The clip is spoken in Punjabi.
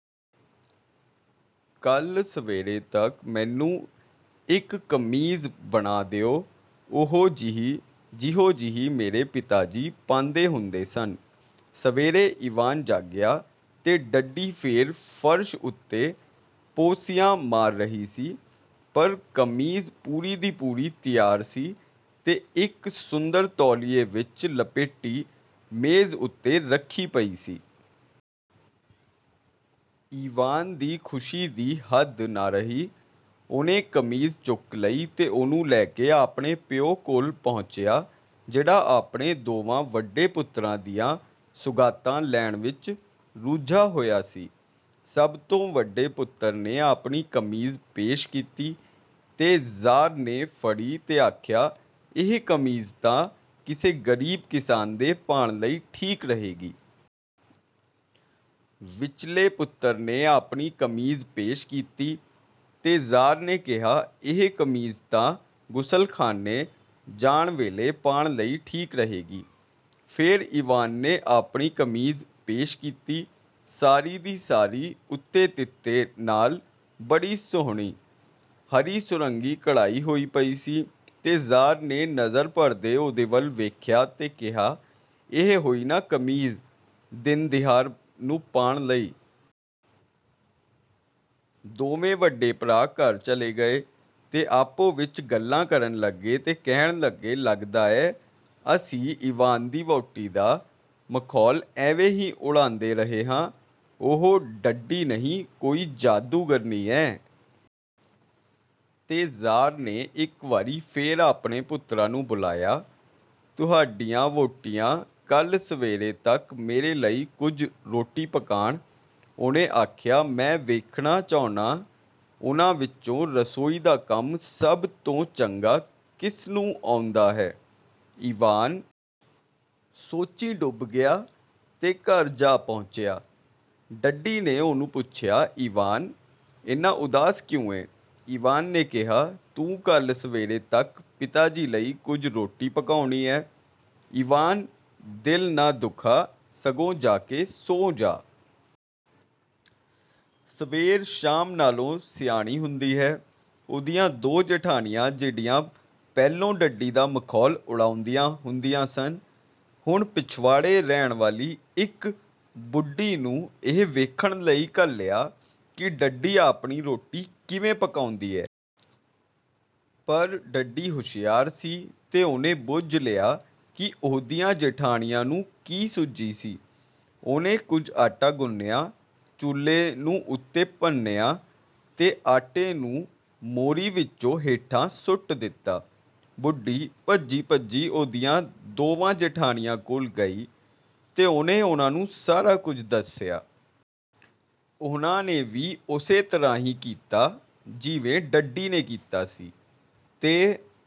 ਕਲ੍ਹ ਸਵੇਰ ਤਕ ਮੈਨੂੰ ਇਕ ਕਮੀਜ਼ ਬਣਾ ਦਿਓ, ਓਹੋ ਜਿਹੀ ਜਿਹੋ ਜਿਹੀ ਮੇਰੇ ਪਿਤਾ ਜੀ ਪਾਂਦੇ ਹੁੰਦੇ ਸਨ। " ਸਵੇਰੇ ਈਵਾਨ ਜਾਗਿਆ ਤੇ ਡੱਡੀ ਫੇਰ ਫ਼ਰਸ਼ ਉਤੇ ਪੋਸੀਆਂ ਮਾਰ ਰਹੀ ਸੀ, ਪਰ ਕਮੀਜ਼ ਪੂਰੀ ਦੀ ਪੂਰੀ ਤਿਆਰ ਸੀ ਤੇ ਇਕ ਸੁੰਦਰ ਤੌਲੀਏ ਵਿਚ ਲਪੇਟੀ ਮੇਜ਼ ਉਤੇ ਰਖੀ ਪਈ ਸੀ। ਈਵਾਨ ਦੀ ਖੁਸ਼ੀ ਦੀ ਹੱਦ ਨਾ ਰਹੀ। ਉਹਨੇ ਕਮੀਜ਼ ਚੁਕ ਲਈ ਤੇ ਉਹਨੂੰ ਲੈ ਕੇ ਆਪਣੇ ਪਿਓ ਕੋਲ ਪਹੁੰਚਿਆ ਜਿਹੜਾ ਆਪਣੇ ਦੋਵਾਂ ਵਡੇ ਪੁੱਤਰਾਂ ਦੀਆਂ ਸੁਗਾਤਾਂ ਲੈਣ ਵਿਚ ਰੁੱਝਾ ਹੋਇਆ ਸੀ। ਸਭ ਤੋਂ ਵਡੇ ਪੁੱਤਰ ਨੇ ਆਪਣੀ ਕਮੀਜ਼ ਪੇਸ਼ ਕੀਤੀ, ਤੇ ਜ਼ਾਰ ਨੇ ਫੜੀ ਤੇ ਆਖਿਆ, "ਇਹ ਕਮੀਜ਼ ਤਾਂ ਕਿਸੇ ਗਰੀਬ ਕਿਸਾਨ ਦੇ ਪਾਣ ਲਈ ਠੀਕ ਰਹੇਗੀ।" ਵਿਚਲੇ ਪੁੱਤਰ ਨੇ ਆਪਣੀ ਕਮੀਜ਼ ਪੇਸ਼ ਕੀਤੀ, ਤੇ ਜ਼ਾਰ ਨੇ ਕਿਹਾ, "ਇਹ ਕਮੀਜ਼ ਤਾਂ ਗ਼ੁਸਲਖਾਨੇ ਜਾਣ ਵੇਲੇ ਪਾਣ ਲਈ ਠੀਕ ਰਹੇਗੀ।" ਫੇਰ ਈਵਾਨ ਨੇ ਆਪਣੀ ਕਮੀਜ਼ ਪੇਸ਼ ਕੀਤੀ। ਸਾਰੀ ਦੀ ਸਾਰੀ ਉਤੇ ਤਿੱਲੇ ਨਾਲ ਬੜੀ ਸੁਹਣੀ, ਹਰੀ-ਸੁਰੰਗੀ ਕਢਾਈ ਹੋਈ ਪਈ ਸੀ, ਤੇ ਜ਼ਾਰ ਨੇ ਨਜ਼ਰ ਭਰਕੇ ਉਹਦੇ ਵਲ ਵੇਖਿਆ ਤੇ ਕਿਹਾ, "ਇਹ ਹੋਈ ਨਾ ਕਮੀਜ਼ ਦਿਨ-ਦਿਹਾਰ ਨੂੰ ਪਾਣ ਲਈ।" ਦੋਵੇਂ ਵਡੇ ਭਰਾ ਘਰ ਚਲੇ ਗਏ ਤੇ ਆਪੋ ਵਿੱਚ ਗੱਲਾਂ ਕਰਨ ਲਗੇ ਤੇ ਕਹਿਣ ਲਗੇ, ਲੱਗਦਾ ਹੈ, ਅਸੀਂ ਈਵਾਨ ਦੀ ਵਹੁਟੀ ਦਾ ਮਖੌਲ ਐਵੇਂ ਹੀ ਉਡਾਂਦੇ ਰਹੇ ਹਾਂ। ਉਹ ਡੱਡੀ ਨਹੀਂ, ਕੋਈ ਜਾਦੂਗਰਨੀ ਏ। ਤੇ ਜ਼ਾਰ ਨੇ ਇੱਕ ਵਾਰੀ ਫੇਰ ਆਪਣੇ ਪੁੱਤਰਾਂ ਨੂੰ ਬੁਲਾਇਆ। "ਤੁਹਾਡੀਆਂ ਵਹੁਟੀਆਂ ਕਲ੍ਹ ਸਵੇਰ ਤਕ ਮੇਰੇ ਲਈ ਕੁਝ ਰੋਟੀ ਪਕਾਣ," ਉਹਨੇ ਆਖਿਆ। "ਮੈਂ ਵੇਖਣਾ ਚਾਹੁੰਨਾਂ, ਉਹਨਾਂ ਵਿੱਚੋਂ ਰਸੋਈ ਦਾ ਕੰਮ ਸਭ ਤੋਂ ਚੰਗਾ ਕਿਸਨੂੰ ਆਉਂਦਾ ਹੈ।"ਈਵਾਨ ਸੋਚੀਂ ਡੁੱਬ ਗਿਆ ਤੇ ਘਰ ਜਾ ਪਹੁੰਚਿਆ। ਡੱਡੀ ਨੇ ਉਹਨੂੰ ਪੁੱਛਿਆ, "ਈਵਾਨ, ਏਨਾ ਉਦਾਸ ਕਿਉਂ ਏਂ?" ਈਵਾਨ ਨੇ ਕਿਹਾ, "ਤੂੰ ਕੱਲ੍ਹ ਸਵੇਰ ਤੱਕ ਪਿਤਾ ਜੀ ਲਈ ਕੁਝ ਰੋਟੀ ਪਕਾਉਣੀ ਏਂ।""ਈਵਾਨ, ਦਿਲ ਨਾ ਦੁਖਾ, ਸਗੋਂ ਜਾ ਕੇ ਸੌਂ ਜਾ। ਸਵੇਰ ਸ਼ਾਮ ਨਾਲੋਂ ਸਿਆਣੀ ਹੁੰਦੀ ਏ।" ਉਹਦੀਆਂ ਦੋ ਜੇਠਾਣੀਆਂ, ਜਿਹੜੀਆਂ ਪਹਿਲੋਂ ਡੱਡੀ ਦਾ ਮਖੌਲ ਉਡਾਉਂਦੀਆਂ ਹੁੰਦੀਆਂ ਸਨ, ਹੁਣ ਪਿਛਵਾੜੇ ਰਹਿਣ ਵਾਲੀ ਇੱਕ ਬੁੱਢੀ ਨੂੰ ਇਹ ਵੇਖਣ ਲਈ ਘੱਲਿਆ ਕਿ ਡੱਡੀ ਆਪਣੀ ਰੋਟੀ ਕਿਵੇਂ ਪਕਾਉਂਦੀ ਏ? ਪਰ ਡੱਡੀ ਹੁਸ਼ਿਆਰ ਸੀ ਤੇ ਉਹਨੇ ਬੁੱਝ ਲਿਆ ਕਿ ਉਹਦੀਆਂ ਜੇਠਾਣੀਆਂ ਨੂੰ ਕੀ ਸੁੱਝੀ ਸੀ। ਉਹਨੇ ਕੁਝ ਆਟਾ ਗੁੰਨਿਆ, ਚੁੱਲ੍ਹੇ ਨੂੰ ਉੱਤੋਂ ਭੰਨਿਆ ਤੇ ਆਟੇ ਨੂੰ ਮੋਰੀ ਵਿੱਚੋਂ ਹੇਠਾਂ ਸੁੱਟ ਦਿੱਤਾ। ਬੁੱਢੀ ਭੱਜੀ-ਭੱਜੀ ਉਹਦੀਆਂ ਦੋਵਾਂ ਜੇਠਾਣੀਆਂ ਕੋਲ ਗਈ ਤੇ ਉਹਨੇ ਉਹਨਾਂ ਨੂੰ ਸਾਰਾ ਕੁਝ ਦੱਸਿਆ। ਉਹਨਾਂ ਨੇ ਵੀ ਓਸੇ ਤਰ੍ਹਾਂ ਹੀ ਕੀਤਾ, ਜਿਵੇਂ ਡੱਡੀ ਨੇ ਕੀਤਾ ਸੀ। ਤੇ